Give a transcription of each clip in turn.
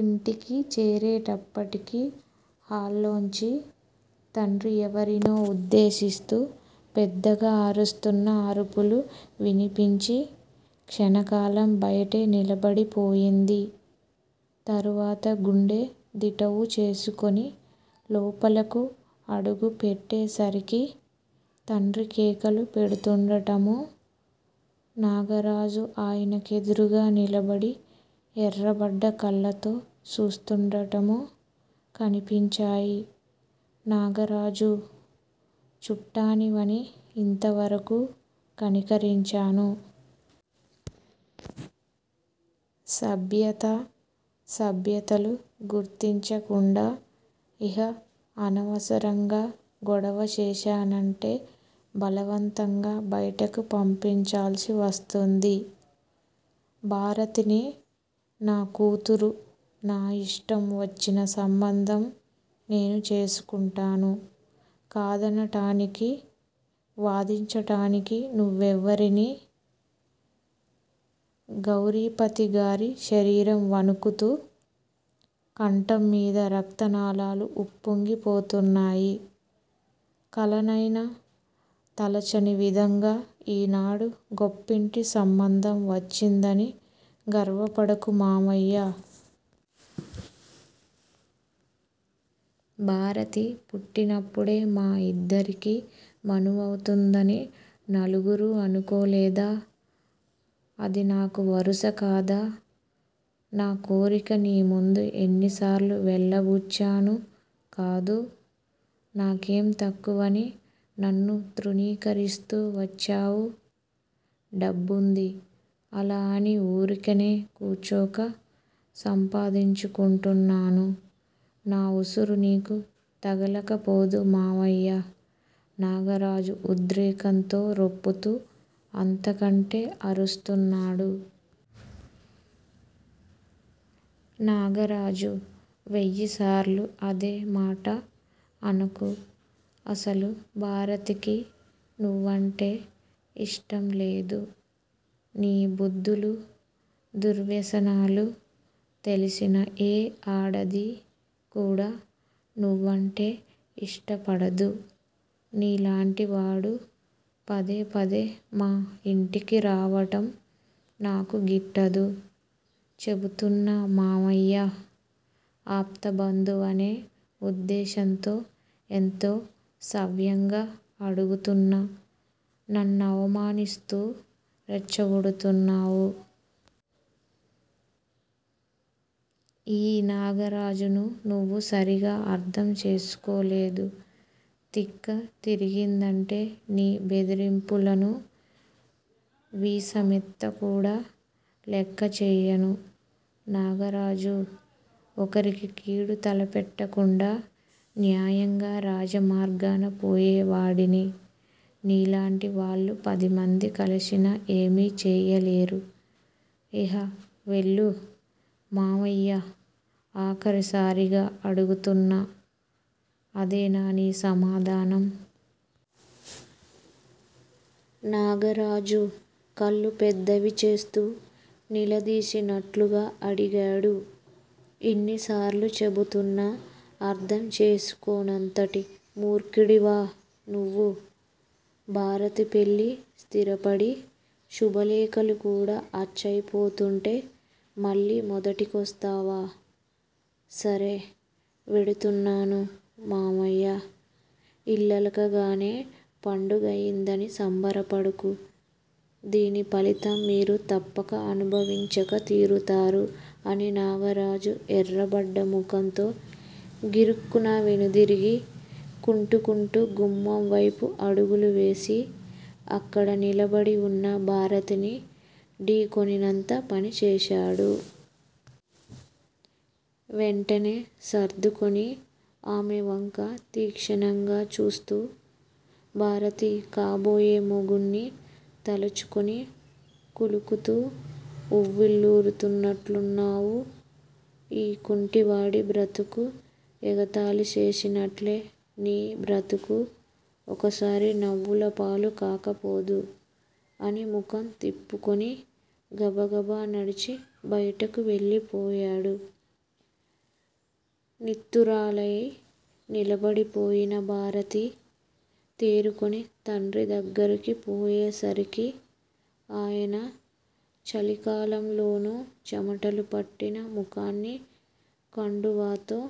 ఇంటికి చేరేటప్పటికి హాల్లోంచి, తండ్రి ఎవరినో ఉద్దేశిస్తూ పెద్దగా అరుస్తున్న అరుపులు వినిపించి క్షణకాలం బయటే నిలబడిపోయింది. తరువాత గుండె దిటవు చేసుకుని లోపలకు అడుగు పెట్టేసరికి, తండ్రి కేకలు పెడుతూండటమూ, నాగరాజు ఆయన కెదురుగా నిలబడి ఎర్రబడ్డ కళ్ళతో చూస్తుండటమూ కనిపించాయి. నాగరాజూ! చుట్టానివని ఇంతవరకూ కనికరించాను. సభ్యతా సభ్యతలు గుర్తించ కుండా ఇహ అనవసరంగా గొడవ చేశానంటే బలవంతంగా బయటకు పంపించాల్సి వస్తుంది. భారతిని నా కూతురు నా ఇష్టం వచ్చిన సంబంధం నేను చేసుకుంటాను కాదనటానికీ, వాదించటానికీ నువ్వెవరిని? గౌరీపతి గారి శరీరం వణుకుతూ, కంఠం మీది రక్తనాళాలు ఉప్పొంగిపోతున్నాయి. కలనైనా తలచని విధంగా ఈనాడు గొప్పింటి సంబంధం వచ్చిందని గర్వపడకు మామయ్యా! భారతి పుట్టినప్పుడే మా ఇద్దరికీ మనువవుతుందని నలుగురూ అనుకోలేదా? అది నాకు వరుస కాదా? నా కోరిక నీ ముందు ఎన్నిసార్లు వెళ్ళబుచ్చాను కాదు? నాకేం తక్కువని నన్ను తృణీకరిస్తూ వచ్చావు? డబ్బుంది. అలా అని ఊరికినే కూచోక సంపాదించుకుంటున్నాను నా ఉసురు నీకు తగలక పోదు మామయ్యా నాగరాజు ఉద్రేకంతో రొప్పుతూ అంతకంటే అరుస్తున్నాడు. నాగరాజూ వెయ్యిసార్లు అదే మాట అనకు. అసలు భారతికి నువ్వంటే ఇష్టంలేదు. నీ బుద్ధులూ, దుర్వ్యసనాలూ తెలిసిన ఏ ఆడదీ కూడా నువ్వంటే ఇష్టపడదు నీలాంటి వాడు పదే పదే మా ఇంటికి రావటం నాకు గిట్టదు, చెపుతున్నా మామయ్యా! ఆప్త బంధువనే ఉద్దేశ్యంతో ఎంతో సవ్యంగా అడుగుతున్నా నన్నవమానిస్తూ రెచ్చగొడుతున్నావు. ఈ నాగరాజును నువ్వు సరిగా అర్ధం చేసుకోలేదు తిక్క తిరిగిందంటే నీ బెదిరింపులను వీసమెత్తుకూడా లెక్కచేయను. నాగరాజూ! ఒకరికి కీడు తలపెట్టకుండా, న్యాయంగా రాజమార్గాన పోయేవాడిని, నీ లాంటి వాళ్ళు పదిమంది కలసినా ఏమీ చేయలేరు. ఇహ వెళ్ళు. మామయ్యా! ఆఖరిసారిగా అడుగుతున్నా. అదేనా నీ సమాధానం? నాగరాజు కళ్ళు పెద్దవిచేస్తూ నిలదీసినట్లుగా అడిగాడు. ఇన్నిసార్లు చెబుతున్నా అర్ధం చేసుకోనంతటి మూర్ఖుడివా నువ్వు? భారతి పెళ్ళి స్థిరపడి, శుభలేఖలు కూడా అచ్చయిపోతుంటే మళ్ళీ మొదటికొస్తావా? సరే. వెడుతున్నాను మామయ్యా. ఇల్లలకగానే పండగయిందని సంబరపడకు దీని ఫలితం మీరు తప్పక అనుభవించి తీరుతారు అని నాగరాజు ఎర్రబడ్డ ముఖంతో గిరుక్కున వెనుదిరిగి, కుంటుకుంటూ గుమ్మం వైపు అడుగులు వేసి అక్కడ నిలబడివున్న భారతిని ఢీ కొనినంత పని చేశాడు. వెంటనే సర్దుకుని ఆమెవంక తీక్షణంగా చూస్తూ, భారతీ కాబోయే మొగుణ్ణి తలుచుకుని కులుకుతూ, ఉవ్విళ్లూరుతున్నట్లున్నావు. ఈ కుంటివాడి బ్రతుకు ఎగతాళి చేసినట్లే నీ బ్రతుకూ ఒకసారి నవ్వులపాలు కాకపోదు అని ముఖం త్రిప్పుకుని, గబగబా నడిచి బయటకు వెళ్ళిపోయాడు. నిత్తురాలై నిలబడిపోయిన భారతి, తేరుకుని తండ్రి దగ్గరకు పోయేసరికి, ఆయన చలికాలంలోనూ చెమటలు పట్టిన ముఖాన్ని కండువాతో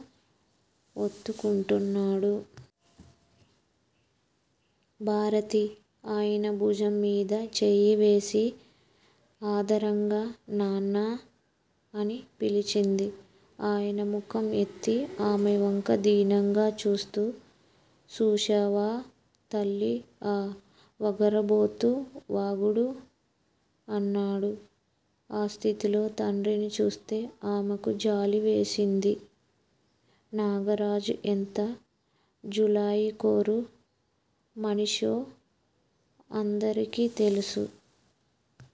ఒత్తుకుంటున్నాడు. భారతి ఆయన భుజంమీద చేయివేసి ఆదరంగా నాన్నా! అని పిలిచింది. అయన ముఖం ఎత్తి ఆమెవంక దీనంగా చూస్తూ చూశావా, తల్లీ. ఆ వగరుబోతు వాగుడు? అన్నాడు. ఆ స్థితిలో తండ్రిని చూస్తే ఆమెకు జాలివేసింది. నాగరాజు ఎంత జులాయికోరు మనిషో అందరకి తెలుసు.